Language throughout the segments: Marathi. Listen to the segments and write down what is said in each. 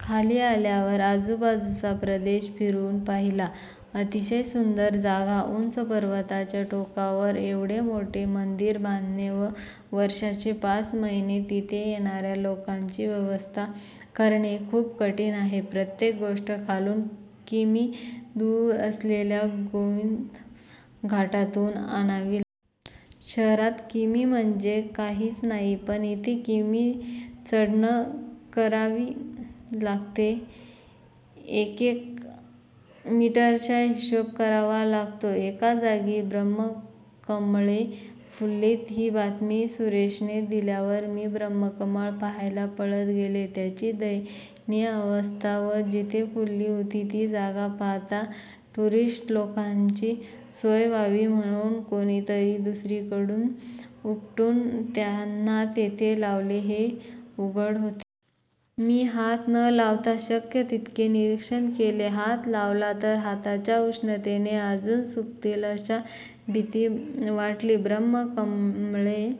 खाली आल्यावर आजूबाजूचा प्रदेश फिरून पाहिला. अतिशय सुंदर जागा!! उंच पर्वताच्या टोकावर एवढे मोठे मंदिर बांधणे व वर्षाचे पाच महिने तिथे येणाऱ्या लोकांची व्यवस्था करणे खूप कठीण आहे. प्रत्येक गोष्ट खालून किमी दूर असलेल्या गोविंदघाटातून आणावी लागते. शहरात किमी म्हणजे काहीच नाही पण इथे किमी चढण करावी लागते. एकेक मीटरचा हिशोब करावा लागतो. एका जागी ब्रम्हकमळे फुललीत ही बातमी सुरेशने दिल्यावर मी ब्रम्हकमळ पाहायला पळत गेले. त्यांची दयनीय अवस्था व जिथे फुलली होती ती जागा पाहता टूरिस्ट लोकांची सोय व्हावी म्हणून कोणीतरी दुसरीकडून उपटून त्यांना तिथे लावले हे उघड होते. मी हात न लावता शक्य तितके निरीक्षण केले. हात लावला तर हाताच्या उष्णतेने अजून सुकतील अशी भीती वाटली. ब्रम्हकमळे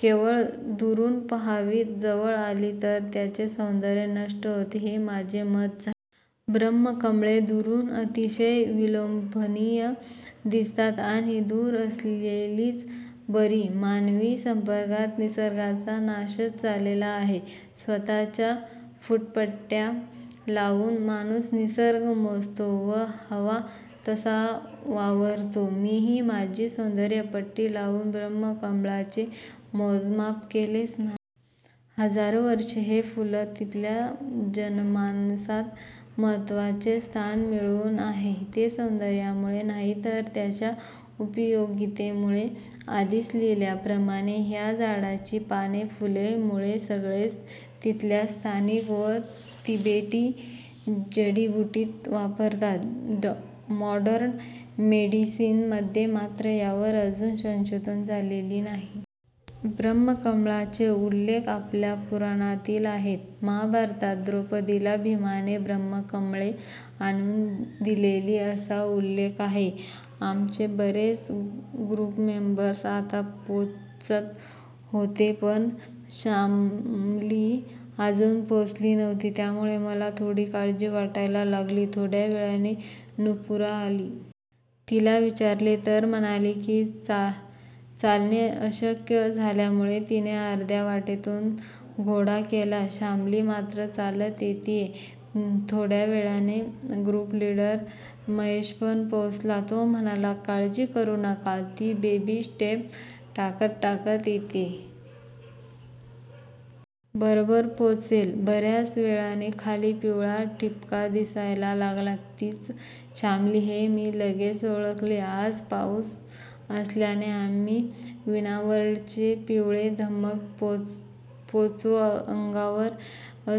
केवळ दुरून पाहावीत, जवळ आली तर त्यांचे सौंदर्य नष्ट होते हे माझे मत झाले. ब्रम्हकमळे दुरून अतिशय विलोभनीय दिसतात. आणि दूर असलेलीच बरी. मानवी संपर्कात निसर्गाचा नाशच झालेला आहे. स्वतःच्या फुटपट्ट्या लावून माणूस निसर्ग मोजतो व हवा तसा वापरतो. मीही माझी सौंदर्यपट्टी लावून ब्रम्हकमळाचे मोजमाप केलेच ना. हजारो वर्षे हे फुल तिथल्या जनमानसात महत्वाचे स्थान मिळवून आहे ते सौंदर्यामुळे नाही तर त्याच्या उपयोगितेमुळे. आधीच लिहिल्याप्रमाणे ह्या झाडाची पाने, फुले, मूळे सगळेच तिथल्या स्थानिक व तिबेटी जडिबुटीत वापरतात. मॉडर्न मेडिसीनमध्ये मात्र यावर अजून संशोधन झालेले नाही. ब्रम्हकमळाचे उल्लेख आपल्या पुराणातही आहेत. महाभारतात द्रौपदीला भीमाने ब्रम्हकमळे आणून दिलेली असा उल्लेख आहे. आमचे बरेच ग्रुपमेंबर्स आता पोचत होते पण शामली अजून पोचली नव्हती. त्यामुळे मला थोडी काळजी वाटायला लागली. थोड्या वेळाने नुपुरा आली. तिला विचारले तर म्हणाली की चालणे अशक्य झाल्यामुळे तिने अर्ध्या वाटेतुन घोडा केला, शामली मात्र चालत येतेय. थोड्या वेळाने ग्रुपलीडर महेशपण पोचला. तो म्हणाला काळजी करू नका, ती बेबी स्टेप टाकत टाकत येतेय. बरोबर पोचेल. बऱ्याच वेळाने खाली पिवळा ठिपका दिसायला लागला. तीच शामली हे मी लगेच ओळखले. आज पाऊस असल्याने आम्ही वीणावर्ल्डचे पिवळेधम्मक पोंचो अंगावर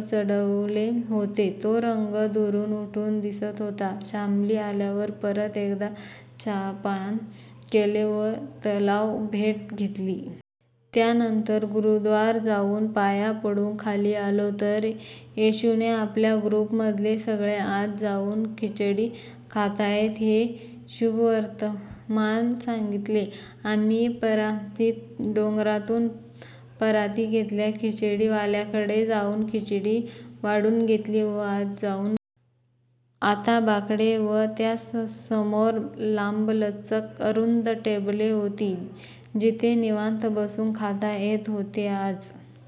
चढवले होते, तो रंग दुरून उठून दिसत होता. शामली आल्यावर परत एकदा चहापान केले व तलावभेट घेतली. त्यानंतर गुरुद्वारात जाऊन पाया पडून खाली आलो तर ऐशूने आपल्या ग्रुपमधले सगळे आत जाऊन खिचडी खाताहेत हे शुभवर्तमान सांगितले. आम्हीही परातीच्या डोंगरातून पराती घेतल्या, खिचडीवाल्याकडे जाऊन खिचडी वाढून घेतली व आत जाऊन बसलो. आत बाकडे व त्यासमोर लाम्बलचक अरुंद टेबले होती जिथे निवांत बसून खाता येत होते. आज